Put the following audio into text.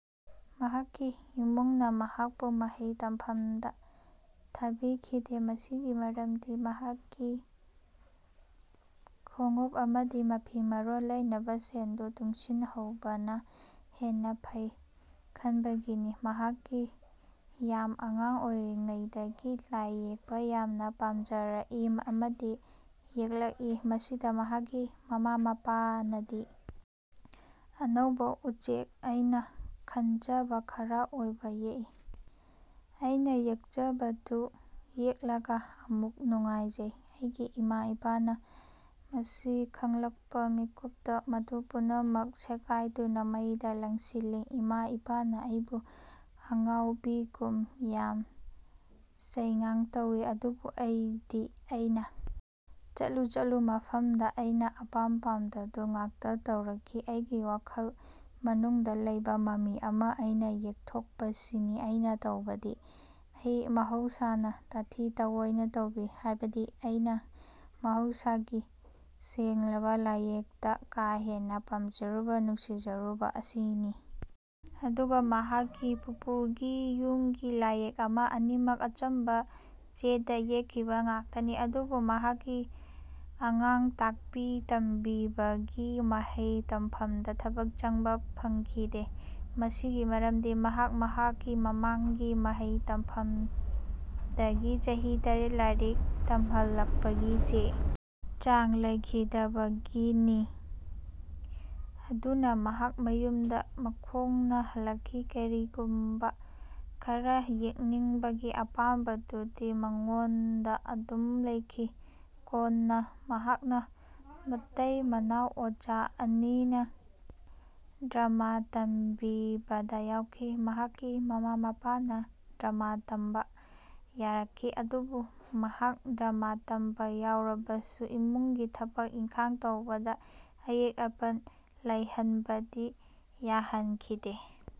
ꯃꯍꯥꯛꯀꯤ ꯏꯃꯨꯡꯅ ꯃꯍꯥꯛꯄꯨ ꯃꯍꯩ ꯇꯝꯐꯝꯗ ꯊꯥꯕꯤꯈꯤꯗꯦ꯫ ꯃꯁꯤꯒꯤ ꯃꯔꯝꯗꯤ ꯃꯍꯥꯛꯀꯤ ꯈꯣꯡꯎꯞ ꯑꯃꯗꯤ ꯃꯐꯤ ꯃꯔꯣꯟ ꯂꯩꯅꯕ ꯁꯦꯜꯗꯨ ꯇꯨꯡꯁꯤꯜꯍꯧꯕꯅ ꯍꯦꯟꯅ ꯐꯩ ꯈꯟꯕꯒꯤꯅꯤ꯫ ꯃꯍꯥꯛꯀꯤ ꯌꯥꯝ ꯑꯉꯥꯡ ꯑꯣꯢꯔꯤꯉꯩꯗꯒꯤ ꯂꯥꯢ ꯌꯦꯛꯄ ꯌꯥꯝꯅ ꯄꯥꯝꯖꯔꯛꯏ ꯑꯃꯗꯤ ꯌꯦꯛꯂꯛꯏ꯫ ꯃꯁꯤꯗ ꯃꯍꯥꯛꯀꯤ ꯃꯃꯥ ꯃꯄꯥꯅꯗꯤ ꯑꯅꯧꯕ ꯎꯆꯦꯛ ꯑꯩꯅ ꯈꯟꯖꯕ ꯈꯔ ꯑꯣꯢꯅ ꯌꯦꯛꯏ꯫ ꯑꯩꯅ ꯌꯦꯛꯆꯕꯗꯨ ꯌꯦꯛꯂꯒ ꯑꯃꯨꯛ ꯅꯨꯡꯉꯥꯢꯖꯩ꯫ ꯑꯩꯒꯤ ꯏꯃꯥ ꯏꯄꯥꯅ ꯃꯁꯤ ꯈꯪꯂꯛꯄ ꯃꯤꯠꯀꯨꯞꯇ ꯃꯗꯨ ꯄꯨꯝꯅꯃꯛ ꯁꯦꯒꯥꯢꯗꯨꯅ ꯃꯩꯗ ꯂꯪꯁꯤꯜꯂꯤ꯫ ꯏꯃꯥ ꯏꯄꯥꯅ ꯑꯩꯕꯨ ꯑꯉꯥꯎꯕꯤꯒꯨꯝ ꯌꯥꯝ ꯆꯩ ꯉꯥꯡ ꯇꯧꯏ꯫ꯑꯗꯨꯕꯨ ꯑꯩꯗꯤ ꯑꯩꯅ ꯆꯠꯂꯨ ꯆꯠꯂꯨ ꯃꯐꯝꯗ ꯑꯩꯅ ꯑꯄꯥꯝ ꯑꯄꯥꯝꯕꯗꯨ ꯉꯥꯛꯇ ꯇꯧꯔꯛꯈꯤ꯫ ꯑꯩꯒꯤ ꯋꯥꯈꯜ ꯃꯅꯨꯡꯗ ꯂꯩꯕ ꯃꯃꯤ ꯑꯃ ꯑꯩꯅ ꯌꯦꯛꯊꯣꯛꯄꯁꯤꯅꯤ ꯑꯩꯅ ꯇꯧꯕꯗꯤ꯫ ꯑꯩ ꯃꯍꯧꯁꯥꯅ ꯇꯥꯊꯤ ꯇꯥꯋꯣꯢꯅ ꯇꯧꯕꯤ꯫ ꯍꯥꯢꯕꯗꯤ ꯑꯩꯅ ꯃꯍꯧꯁꯥꯒꯤ ꯁꯦꯡꯂꯕ ꯂꯥꯢꯌꯦꯛꯇ ꯀꯥ ꯍꯦꯟꯅ ꯄꯥꯝꯖꯔꯨꯕ ꯅꯨꯡꯁꯤꯖꯔꯨꯕ ꯑꯁꯤꯅꯤ꯫ ꯑꯗꯨꯒ ꯃꯍꯥꯛꯀꯤ ꯄꯨꯄꯨꯒꯤ ꯌꯨꯝꯒꯤ ꯂꯥꯢꯌꯦꯛ ꯑꯃ꯫ ꯑꯅꯤꯃꯛ ꯑꯆꯝꯕ ꯆꯦꯗ ꯌꯦꯛꯈꯤꯕ ꯉꯥꯛꯇꯅꯤ꯫ ꯑꯗꯨꯕꯨ ꯃꯍꯥꯛꯁꯤ ꯑꯉꯥꯡ ꯇꯥꯛꯄꯤ ꯇꯝꯕꯤꯕꯒꯤ ꯃꯍꯩ ꯇꯝꯐꯝꯗ ꯊꯕꯛ ꯆꯪꯕ ꯐꯪꯈꯤꯗꯦ꯫ ꯃꯁꯤꯒꯤ ꯃꯔꯝꯗꯤ ꯃꯍꯥꯛ ꯃꯍꯥꯛꯀꯤ ꯃꯃꯥꯡꯒꯤ ꯃꯍꯩ ꯇꯝꯐꯝꯗꯒꯤ ꯆꯍꯤ ꯇꯔꯦꯠ ꯂꯥꯢꯔꯤꯛ ꯇꯝꯍꯜꯂꯛꯄꯒꯤ ꯆꯦ ꯆꯥꯡ ꯂꯩꯈꯤꯗꯕꯒꯤꯅꯤ꯫ ꯑꯗꯨꯅ ꯃꯍꯥꯛ ꯃꯌꯨꯝꯗ ꯃꯈꯣꯡꯅ ꯍꯜꯂꯛꯈꯤ꯫ ꯀꯔꯤꯒꯨꯝꯕ ꯈꯔ ꯌꯦꯛꯅꯤꯡꯕꯒꯤ ꯑꯄꯥꯝꯕꯗꯨꯗꯤ ꯃꯉꯣꯟꯗ ꯑꯗꯨꯝ ꯂꯩꯈꯤ꯫ ꯀꯣꯟꯅ ꯃꯍꯥꯛꯅ ꯃꯇꯩ ꯃꯅꯥꯎ ꯑꯣꯖꯥ ꯑꯅꯤꯅ ꯗ꯭ꯔꯥꯃꯥ ꯇꯝꯕꯤꯕꯗ ꯌꯥꯎꯈꯤ꯫ ꯃꯍꯥꯛꯀꯤ ꯃꯃꯥ ꯃꯄꯥꯅ ꯗ꯭ꯔꯥꯃꯥ ꯇꯝꯕ ꯌꯥꯔꯛꯈꯤ꯫ ꯑꯗꯨꯕꯨ ꯃꯍꯥꯛ ꯗ꯭ꯔꯥꯃꯥ ꯇꯝꯕ ꯌꯥꯎꯔꯕꯁꯨ ꯏꯃꯨꯡꯒꯤ ꯊꯕꯛ ꯏꯟꯈꯥꯡ ꯇꯧꯕꯗ ꯑꯌꯦꯠ ꯑꯄꯟ ꯂꯩꯍꯟꯕꯗꯤ ꯌꯥꯍꯟꯈꯤꯗꯦ꯫